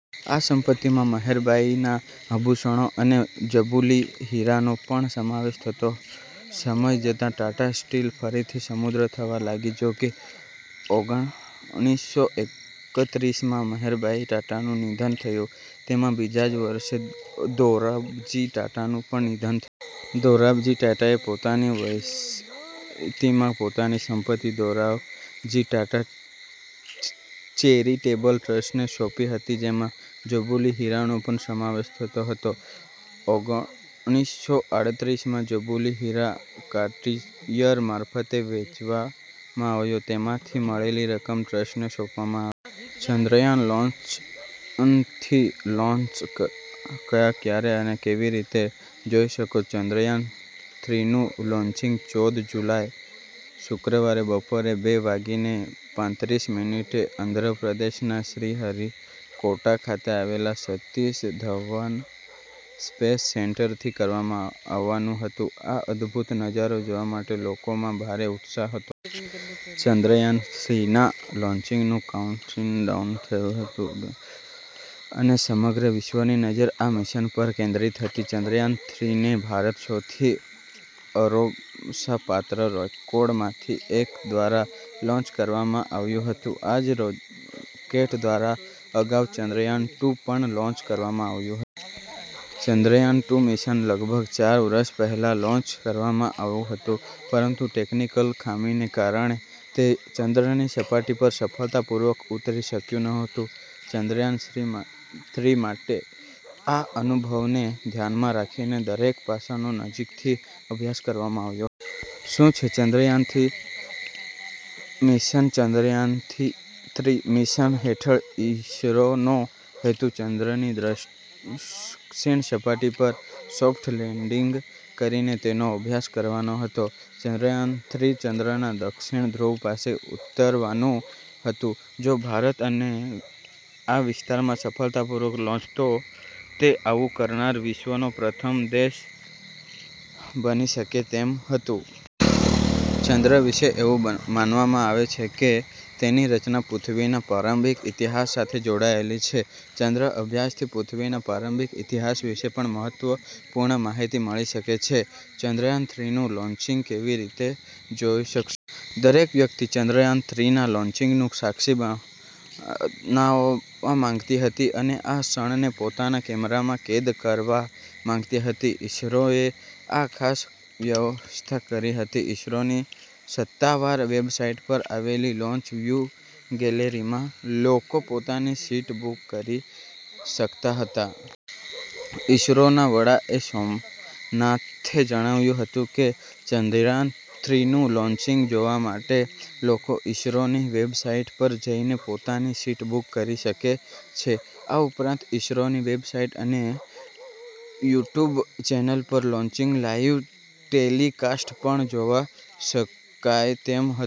આ સંપત્તિમાં મેહેરબાઈના આભૂષણો અને જબુલી હીરાનો પણ સમાવેશ થતો હતો. સમય જતાં ટાટા સ્ટીલ ફરીથી સમૃદ્ધ થવા લાગી. જોકે, ઓગણીસો એકત્રીસમાં મેહેરબાઈ ટાટાનું નિધન થયું. તેના બીજા જ વર્ષે દોરાબજી ટાટાનું પણ નિધન થયું. દોરાબજી ટાટાએ પોતાની વસીતીમાં પોતાની સંપત્તિ દોરાબજી ટાટા ચેરિટેબલ ટ્રસ્ટને સોંપી હતી, જેમાં જબૂલી હીરાનો પણ સમાવેશ થતો હતો. વર્ષ ઓગણીસો આડત્રીસમાં જબુલી હીરો કાર્ટિયર મારફતે વેચવામાં આવ્યો અને તેમાંથી મળેલી રકમ ટ્રસ્ટને સોંપવામાં આવી. ચંદ્રયાન-લોન્ચ અન થ્રી લોન્ચ: ક્યાં, ક્યારે અને કેવી રીતે જોઈ શકો? ચંદ્રયાન-થ્રીનું લોન્ચિંગ ચૌદ જુલાઈ, શુક્રવારે બપોરે બે વાગીને પાંત્રીસ મિનિટે આંધ્રપ્રદેશના શ્રીહરિકોટા ખાતે આવેલા સતીશ ધવન સ્પેસ સેન્ટરથી કરવામાં આવવાનું હતું. આ અદભૂત નજારો જોવા માટે લોકોમાં ભારે ઉત્સાહ હતો. ચંદ્રયાન-થ્રીના લોન્ચિંગનું કાઉન્ટિગ ડાઉન થયૂ હતું અને સમગ્ર વિશ્વની નજર આ મિશન પર કેન્દ્રિત હતી. ચંદ્રયાન-થ્રીને ભારત સૌથી ભરોસાપાત્ર રોકોડમાંથી એક દ્વારા લોન્ચ કરવામાં આવ્યું હતું. આ જ રોકેટ દ્વારા અગાઉ ચંદ્રયાન-ટૂ પણ લોન્ચ કરવામાં આવ્યું હતું. ચંદ્રયાન-ટૂ મિશન લગભગ ચાર વર્ષ પહેલાં લોન્ચ કરવામાં આવ્યું હતું, પરંતુ ટેક્નિકલ ખામીને કારણે તે ચંદ્રની સપાટી પર સફળતાપૂર્વક ઉતરી શક્યું નહોતું. ચંદ્રયાન-થ્રી માટે આ અનુભવને ધ્યાનમાં રાખીને દરેક પાસાનો નજીકથી અભ્યાસ કરવામાં આવ્યો હતો. શું છે Chandrayaan three mission? Chandrayaan three three mission હેઠળ ઈસરોનો હેતુ ચંદ્રની દ્રષક્ષિણ સપાટી પર સોફ્ટ લેન્ડિંગ કરીને તેનો અભ્યાસ કરવાનો હતો. ચંદ્રયાન-થ્રી ચંદ્રના દક્ષિણ ધ્રુવ પાસે ઉતરવાનું હતું. જો ભારત આ વિસ્તારમાં સફળતાપૂર્વક પહોંચે, તો તે આવું કરનાર વિશ્વનો પ્રથમ દેશ બની શકે તેમ હતું. ચંદ્ર વિશે એવું માનવામાં આવે છે કે તેની રચના પૃથ્વીના પ્રારંભિક ઇતિહાસ સાથે જોડાયેલી છે. ચંદ્રના અભ્યાસથી પૃથ્વીના પ્રારંભિક ઇતિહાસ વિશે પણ મહત્વપૂર્ણ માહિતી મળી શકે છે. ચંદ્રયાન-થ્રીનું લોન્ચિંગ કેવી રીતે જોઈ શકશો? દરેક વ્યક્તિ ચંદ્રયાન-થ્રીના લોન્ચિંગનું સાક્ષી બનવા માંગતી હતી અને આ ક્ષણને પોતાના કેમેરામાં કેદ કરવા માંગતી હતી. ઈસરોએ આ માટે ખાસ વ્યવસ્થા કરી હતી. ઈસરોની સત્તાવાર વેબસાઈટ પર આવેલી લોન્ચ વ્યૂ ગેલેરીમાં લોકો પોતાની સીટ બુક કરી શકતા હતા. ઈસરોના વડા એસ. સોમનાથે જણાવ્યું હતું કે ચંદ્રયાન-થ્રીનું લોન્ચિંગ જોવા માટે લોકો ઈસરોની વેબસાઈટ પર જઈને પોતાની સીટ બુક કરી શકે છે. આ ઉપરાંત, ઈસરોની વેબસાઈટ અને યુટ્યુબ ચેનલ પર લોન્ચિંગનું લાઈવ ટેલિકાસ્ટ પણ જોઈ શકાય તેમ હતું.